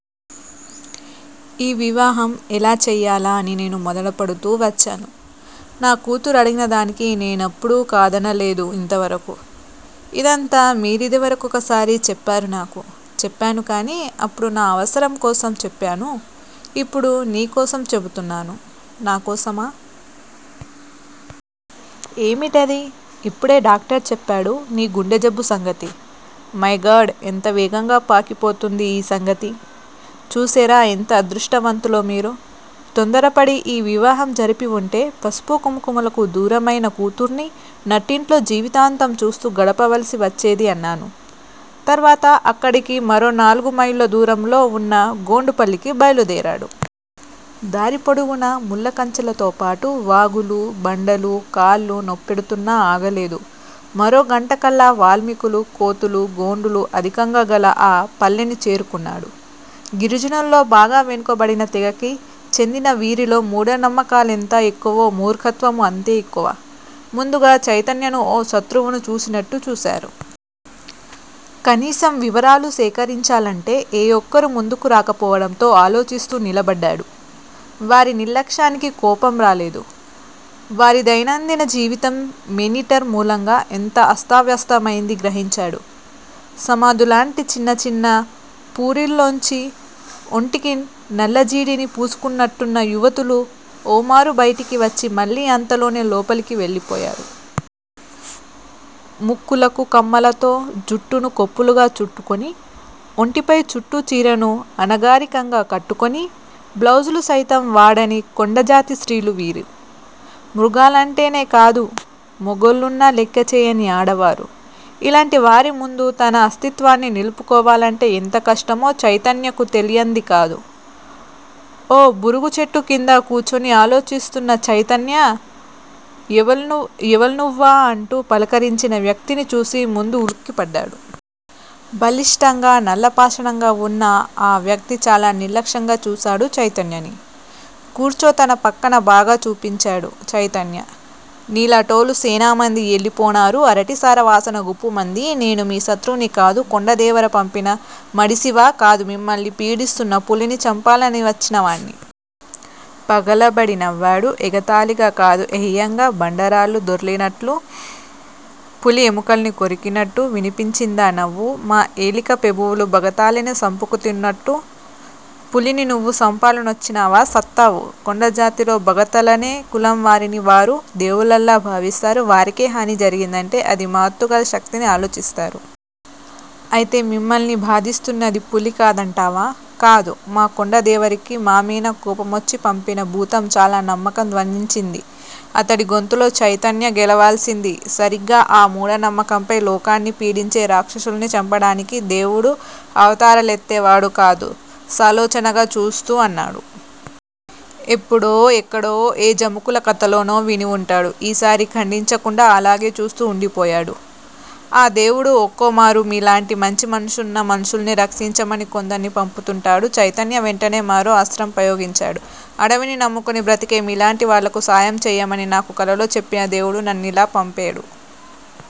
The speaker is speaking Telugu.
ఈ వివాహం ఎలా చెయ్యాలా అని నేను మధనపడుతూ వచ్చాను. నా కూతురు అడిగిన దానికి నేనెప్పుడూ కాదనలేదు ఇంతవరకూ. ఇదంతా మీరిదివర కొకసారి చెప్పారు నాకు. చెప్పాను కానీ అప్పుడు నా అవసరం కోసం చెప్పాను. ఇప్పుడు నీ కోసం చెపుతున్నాను. నా కోసమా? ఏమిటది? ఇప్పుడే డాక్టర్ చెప్పాడు నీ గుండెజబ్బు సంగతి. మైగాడ్- ఎంత వేగంగా పాకిపోతోంది ఈ సంగతి. చూసేరా ఎంత అదృష్టవంతులో మీరు. తొందరపడి ఈ వివాహం జరిపివుంటే పసుపు కుంకుమలకు దూరమైన కూతుర్ని నట్టింట్లో జీవితాంతం చూస్తూ గడపవలసి వచ్చేది అన్నాను. తర్వాత అక్కడికి మరోనాలుగుమైళ్ళ దూరంలో వున్న గొండుపల్లికి బయలుదేరాడు. దారిపొడుగునా ముళ్ళకంచెలతోపాటు వాగులు, బండలు, కాళ్ళు నొప్పెడుతున్నా ఆగలేదు. మరో గంటకల్లా వాల్మీకులు, కోతులు, గోండులు అధికంగా గల ఆ పల్లెని చేరుకున్నాడు. గిరిజనుల్లో బాగా వెనుకబడిన తెగకి చెందిన వీరిలో మూఢనమ్మకాలెంత ఎక్కువో, మూర్ఖత్వమూ అంతే ఎక్కువ. ముందుగా చైతన్యను ఓ శత్రువును చూసినట్టు చూశారు. కనీసం వివరాలు సేకరించాలంటే ఏ ఒక్కరూ ముందుకు రాకపోవడంతో ఆలోచిస్తూ నిలబడ్డాడు. వారి నిర్లక్ష్యానికి కోపం రాలేదు. వారి దైనందిన జీవితం మేనీటర్ మూలంగా ఎంత అస్తవ్యస్తమైందీ గ్రహించాడు. సమాధుల్లాంటి చిన్న చిన్న పూరిళ్ళలోంచి ఒంటికి నల్లజీడిని పూసుకున్నట్టున్న యువతులు ఓమారు బయటికి వచ్చి, మళ్ళీ అంతలోనే లోపలికి వెళ్ళిపోయారు. ముక్కులకు కమ్మలతో, జుట్టును కొప్పులుగా చుట్టుకుని, ఒంటిపై చుట్టూ చీరను అనాగరికంగా కట్టుకుని, బ్లౌజులు సైతం వాడని కొండజాతి స్త్రీలు వీరు. మృగాలంటేనే కాదు; మొగుళ్ళన్నా లెక్కచేయని ఆడవారు. ఇలాంటి వారి ముందు తన అస్తిత్వాన్ని నిలుపుకోవాలంటే ఎంత కష్టమో చైతన్యకు తెలియందికాదు. ఓ బూరుగు చెట్టు క్రింద కూచుని ఆలోచిస్తున్న చైతన్య యేవల్నువ్వ అంటూ పలకరించిన వ్యక్తిని చూసి ముందు ఉలికి పడ్డాడు. బలిష్టంగా, నల్లపాషాణంగా వున్న ఆ వ్యక్తి చాలా నిర్లక్ష్యంగా చూశాడు చైతన్యని. కూర్చో తన పక్కన బాగా చూపించాడు చైతన్య. నీలాటోలు సేనామంది యెల్లిపోనారూ అరటి సారా వాసన గుప్పుమంది. నేను మీ శత్రువుని కాదు. కొండదేవర పంపిన మడిసివా? కాదు. మిమ్మల్ని పీడిస్తున్న పులిని చంపాలనివచ్చినవాణ్ని. పగలబడి నవ్వాడు. ఎగతాళిగా కాదు_ఏహ్యంగా, బండరాళ్ళు దొర్లినట్లు. పులి ఎముకల్ని కొరికినట్టు వినిపించిందా నవ్వు. మా ఏలిక పెబువులు బగతాలనే సంపుకుతింటున్న పులిని నువ్వు సంపాలనొచ్చావా సత్తావు. కొండజాతిలో బగతాలనే కులం వారిని వారు దేవుళ్ళలా భావిస్తారు! వారికే హాని జరిగిందంటే అది మహత్తుగల శక్తిగా ఆలోచిస్తారు. అయితే, మిమ్మల్ని బాధిస్తున్నది పులి కాదంటావా? కాదు, మా కొండదేవరకి మామీన కోపమొచ్చి పంపిన భూతం చాలా నమ్మకం ధ్వనించింది అతడి గొంతులో. చైతన్య గెలవాల్సింది సరిగ్గా ఆ మూఢనమ్మకంపై. లోకాన్ని పీడించే రాక్షసుల్ని చంపడానికి దేవుడు అవతారాలెత్తే వాడు కదూ! సాలోచనగా చూస్తూ అన్నాడు. ఎప్పుడో, ఎక్కడో ఏ జముకుల కథలోనో విని వుంటాడు. ఈసారి ఖండించకుండా అలాగే చూస్తూ ఉండిపోయాడు. ఆ దేవుడే ఒక్కోమారు మీలాంటి మంచి మనసున్న మనుషుల్ని రక్షించమని కొందర్ని పంపుతుంటాడు చైతన్య వెంటనే మరో అస్త్రం ప్రయోగించాడు, అడవిని నమ్ముకుని బ్రతికే మీలాంటి వాళ్ళకు సాయం చెయ్యమని నాకు కలలో చెప్పిన దేవుడు నన్నిలా పంపేడు.